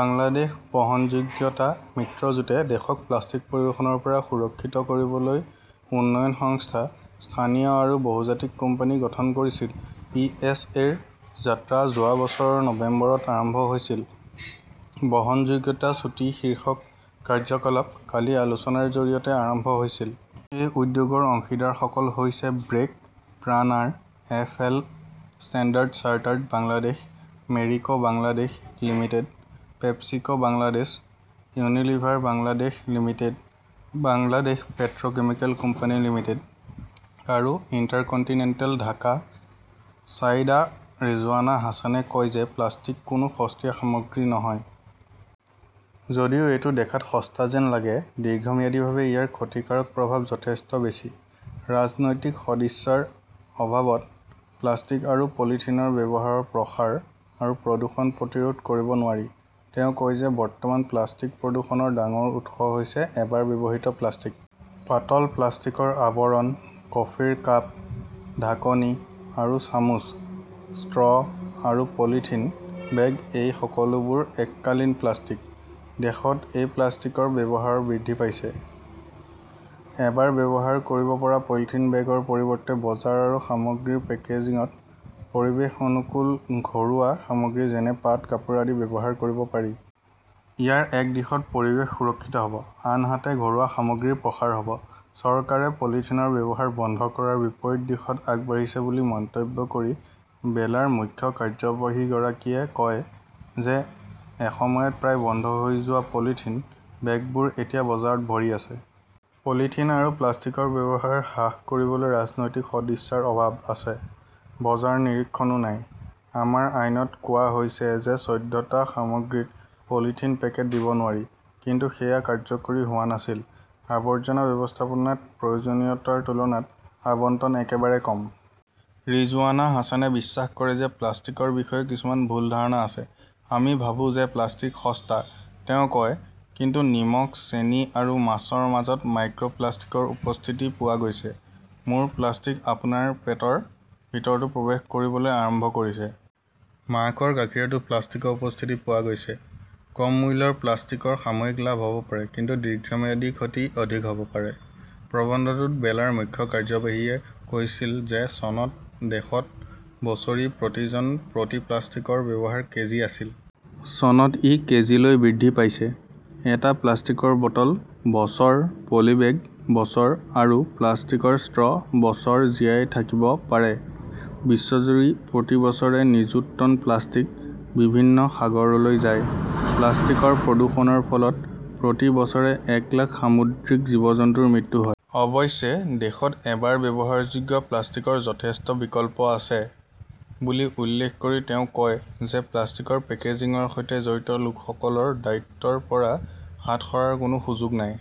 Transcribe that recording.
বাংলাদেশ বহনযোগ্যতা মিত্ৰজোঁটে দেশক প্লাষ্টিক প্ৰদূষণৰ পৰা সুৰক্ষিত কৰিবলৈ উন্নয়ন সংস্থা, স্থানীয় আৰু বহুজাতিক কোম্পানী গঠন কৰিছিল। পি. এছ. এ. -ৰ যাত্ৰা যোৱা বছৰৰ নৱেম্বৰত আৰম্ভ হৈছিল। বহনযোগ্যতা চুটি শীৰ্ষক কাৰ্যকলাপ কালি আলোচনাৰ জৰিয়তে আৰম্ভ হৈছিল। এই উদ্যোগৰ অংশীদাৰসকল হৈছে brake, PRAN R. F L Standard Chartered Bangladesh Marico Bangladesh Limited, PepsiCo Bangladesh, Unilever Bangladesh limited, Bangladesh পেট্ৰ কেমিকেল কোম্পানী লিমিটেড আৰু ইণ্টাৰকণ্টিনেণ্টেল ঢাকা। চাইদা ৰিজৱানা হাছানে কয় যে প্লাষ্টিক কোনো সস্তীয়া সামগ্ৰী নহয়। যদিও এইটো দেখাত সস্তা যেন লাগে, দীৰ্ঘম্যাদীভাৱে ইয়াৰ ক্ষতিকাৰক প্ৰভাৱ যথেষ্ট বেছি। ৰাজনৈতিক সদিচ্ছাৰ অভাৱত প্লাষ্টিক আৰু পলিথিনৰ ব্যৱহাৰৰ প্ৰসাৰ আৰু প্ৰদূষণ প্ৰতিৰোধ কৰিব নোৱাৰি। তেওঁ কয় যে বৰ্তমান প্লাষ্টিক প্ৰদূষণৰ ডাঙৰ উৎস হৈছে এবাৰ ব্যৱহৃত প্লাষ্টিক। পাতল প্লাষ্টিকৰ আৱৰণ, কফিৰ কাপ, ঢাকনি আৰু চামুচ, ষ্ট্ৰ আৰু পলিথিন বেগ-এই সকলোবোৰ এককালীন প্লাষ্টিক। দেশত এই প্লাষ্টিকৰ ব্যৱহাৰ বৃদ্ধি পাইছে। এবাৰ ব্যৱহাৰ কৰিব পৰা পলিথিন বেগৰ পৰিৱৰ্তে বজাৰ আৰু সামগ্ৰীৰ পেকেজিঙত পৰিৱেশ-অনুকূল ঘৰুৱা সামগ্ৰী যেনে পাট, কাপোৰ আদি ব্যৱহাৰ কৰিব পাৰি। ইয়াৰ এক দিশত পৰিৱেশ সুৰক্ষিত হ’ব আনহাতে ঘৰুৱা সামগ্ৰীৰ প্ৰসাৰ হ’ব। চৰকাৰে পলিথিনৰ ব্যৱহাৰ বন্ধ কৰাৰ বিপৰীত দিশত আগবাঢ়িছে বুলি মন্তব্য কৰি বেলাৰ মুখ্য কাৰ্যবাহীগৰাকীয়ে কয় যে এসময়ত প্ৰায় বন্ধ হৈ যোৱা পলিথিন বেগবোৰ এতিয়া বজাৰত ভৰি আছে। পলিথিন আৰু প্লাষ্টিকৰ ব্যৱহাৰ হ্ৰাস কৰিবলৈ ৰাজনৈতিক সদিচ্ছাৰ অভাৱ আছে। বজাৰৰ নিৰীক্ষণও নাই। আমাৰ আইনত কোৱা হৈছে যে চৈধ্যটা সামগ্ৰীত পলিথিনৰ পেকেট দিব নোৱাৰি। কিন্তু সেয়া কাৰ্যকৰী হোৱা নাছিল। আৱৰ্জনা ব্যৱস্থাপনাত প্ৰয়োজনীয়তাৰ তুলনাত আবণ্টন একেবাৰে কম। ৰিজৱানা হাছানে বিশ্বাস কৰে যে প্লাষ্টিকৰ বিষয়ে কিছুমান ভুল ধাৰণা আছে। আমি ভাবো যে প্লাষ্টিক সস্তা তেওঁ কয়। কিন্তু নিমখ, চেনি আৰু মাছৰ মাজত মাইক্ৰ প্লাষ্টিকৰ উপস্থিতি পোৱা গৈছে। মোৰ-প্লাষ্টিক আপোনাৰ পেটৰ ভিতৰতো প্ৰৱেশ কৰিবলৈ আৰম্ভ কৰিছে। মাকৰ গাখীৰতো প্লাষ্টিকৰ উপস্থিতি পোৱা গৈছে। কম মূল্যৰ প্লাষ্টিকৰ সাময়িক লাভ হ’ব পাৰে, কিন্তু দীৰ্ঘম্যাদী ক্ষতি অধিক হ’ব পাৰে। প্ৰবন্ধটোত বেলাৰ মুখ্য কাৰ্যবাহীই কৈছিল যে চনত দেশত বছৰি প্ৰতি জন প্ৰতি প্লাষ্টিকৰ ব্যৱহাৰ কেজি আছিল। চনত ই কেজিলৈ বৃদ্ধি পাইছে। এটা প্লাষ্টিকৰ বটল বছৰ, পলিবেগ বছৰ আৰু প্লাষ্টিকৰ ষ্ট্ৰ বছৰ জীয়াই থাকিব পাৰে। বিশ্বজুৰি প্ৰতি বছৰে নিযুত টন প্লাষ্টিক বিভিন্ন সাগৰলৈ যায়। প্লাষ্টিকৰ প্ৰদূষণৰ ফলত প্ৰতি বছৰে এক লাখ সামুদ্ৰিক জীৱ-জন্তুৰ মৃত্যু হয়। অৱশ্যে, দেশত এবাৰ ব্যৱহাৰযোগ্য প্লাষ্টিকৰ যথেষ্ট বিকল্প আছে বুলি উল্লেখ কৰি তেওঁ কয় যে প্লাষ্টিক পেকেজিংৰ সৈতে জড়িত লোকসকলৰ দায়িত্বৰ পৰা হাত সাৰাৰ কোনো সুযোগ নাই।